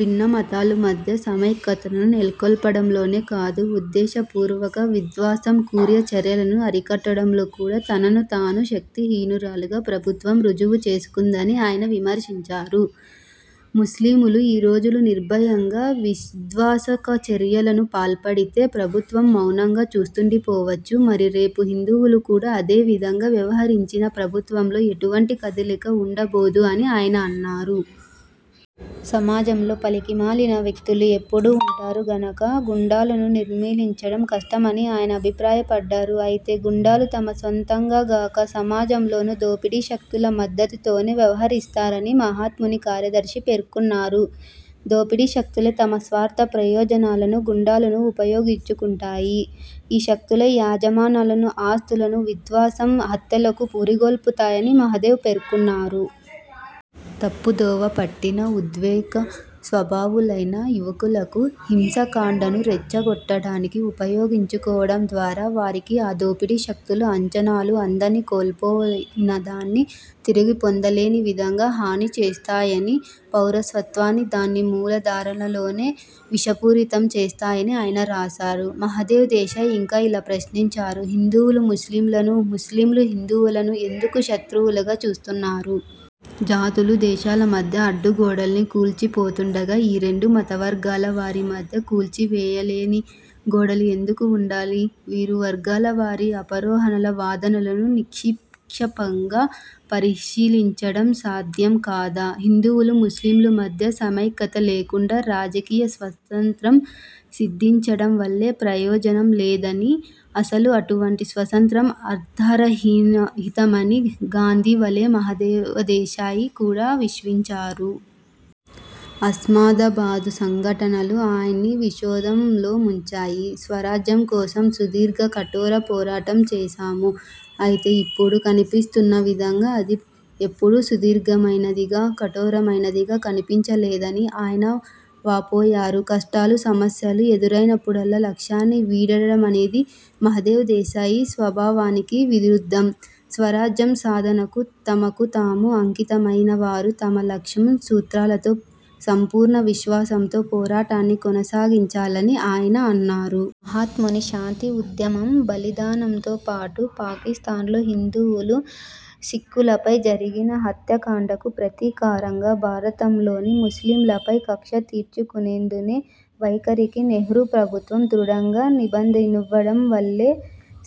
భిన్న మతాల మధ్య సమైక్యతను నెలకొల్పడంలోనేకాదు, ఉద్దేశపూర్వక విధ్వంసం, క్రూర చర్యలను అరికట్టడంలో కూడా తనను తాను శక్తిహీనురాలుగా ప్రభుత్వం రుజువు చేసుకుందని ఆయన విమర్శించారు. 'ముస్లింలు ఈ రోజు నిర్భయంగా విధ్వంసకచర్యలకు పాల్పడితే ప్రభుత్వం మౌనంగా చూస్తుండిపోవచ్చు; మరి రేపు హిందువులు కూడా అదే విధంగా వ్యవహరించినా ప్రభుత్వంలో ఎటువంటి కదలిక ఉండబోదు' అని ఆయన అన్నారు. సమాజంలో పనికిమాలిన వ్యక్తులు ఎప్పుడూ వుంటారు గనుక గూండాలను నిర్మూలించడం కష్టమని ఆయన అభిప్రాయపడ్డారు. అయితే 'గూండాలు తమ సొంతంగా గాక, సమాజంలోని దోపిడీ శక్తుల మద్దతుతోనే వ్యవహరిస్తారని' మహాత్ముని కార్యదర్శి పేర్కొన్నారు. 'దోపిడీ శక్తులే తమ స్వార్థ ప్రయోజనాలకు గూండాలను ఉపయోగించుకుంటాయి. ఈ శక్తులే యువజను లను ఆస్తుల విధ్వంసం, హత్యలకు పురిగొల్పుతాయని' మహదేవ్ పేర్కొన్నారు. 'తప్పుదోవపట్టిన, ఉద్రేక స్వభావులైన యువకులను, హింసాకాండను రెచ్చగొట్టడానికి ఉపయోగించుకోవడం ద్వారా వారికి, ఆ దోపిడీ శక్తులు అంచనాలకు అందని, కోల్పోయినదాన్ని తిరిగిపొందలేని విధంగా హాని చేస్తున్నాయని, పౌరసత్వాన్ని దాన్ని మూలాధారాలలోనే విషపూరితం చేస్తున్నాయని' ఆయన రాశారు. మహదేవ్ దేశాయి ఇంకా ఇలా ప్రశ్నించారు: హిందువులు ముస్లింలను, ముస్లింలు హిందువులను ఎందుకు శత్రువులుగా చూస్తున్నారు? జాతులు, దేశాల మధ్య అడ్డుగోడలన్నీ కూలిపోతుండగా ఈ రెండు మతవర్గాలవారి మధ్య కూల్చివేయలేని గోడలు ఎందుకు వుండాలి? ఇరు వర్గాల వారి ఆరోపణలు, వాదనలను నిష్పాక్షికంగా పరిశీలించడం సాధ్యం కాదా? హిందువులు, ముస్లింల మధ్య సమైక్యత లేకుండా రాజకీయ స్వాతంత్ర్యం సిద్ధించడం వల్ల ప్రయోజనం లేదని, అసలు అటువంటి స్వాతంత్ర్యం అర్థరహితమని గాంధీ వలే మహదేవ్ దేశాయి కూడా విశ్వచారు. అస్మాదాబాద్ సంఘటనలు ఆయన్ని విషోదంలో ముంచాయి. 'స్వరాజ్యం కోసం సుదీర్ఘ, కఠోర పోరాటం చేశాము. అయితే ఇప్పుడు కన్పిస్తున్న విధంగా అది ఎప్పుడూ సుదీర్ఘమైనదిగా, కఠోరమైనదిగా కన్పించలేదని' ఆయన వాపోయారు. కష్టాలు, సమస్యలు ఎదురయినప్పుడు లక్ష్యాన్ని విడనాడడమనేది మహదేవ్ దేశాయి స్వభావానికి విరుద్ధం. స్వరాజ్య సాధనకు తమకు తాము అంకితమైనవారు తమ లక్ష్యం, సూత్రాలలో సంపూర్ణ విశ్వాసంతో పోరాటాన్ని కొనసాగించాలని ఆయన అన్నారు. మహాత్ముని శాంతి ఉద్యమం, బలిదానంతో పాటు పాకిస్థాన్లో హిందువులు, సిక్కులపై జరిగిన హత్యాకాండ కు ప్రతీకారంగా భారత్లోని ముస్లింలపై కక్ష తీర్చుకోకూడదనే వైఖరికి నెహ్రూ ప్రభుత్వం దృఢంగా నిబద్ధమవ్వడం వల్లే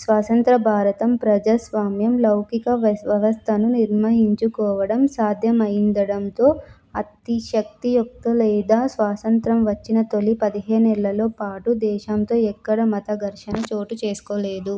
స్వతంత్ర భారతం ప్రజాస్వామ్య, లౌకిక వ్యవస్థను నిర్మించుకోవడం సాధ్యమయిందనడంలో అతిశయోక్తి లేదు. స్వాతంత్ర్యం వచ్చిన తొలి పదిహేనేళ్ళ పాటు దేశంలో ఎక్కడా మతఘర్షణలు చోటు చేసుకోలేదు.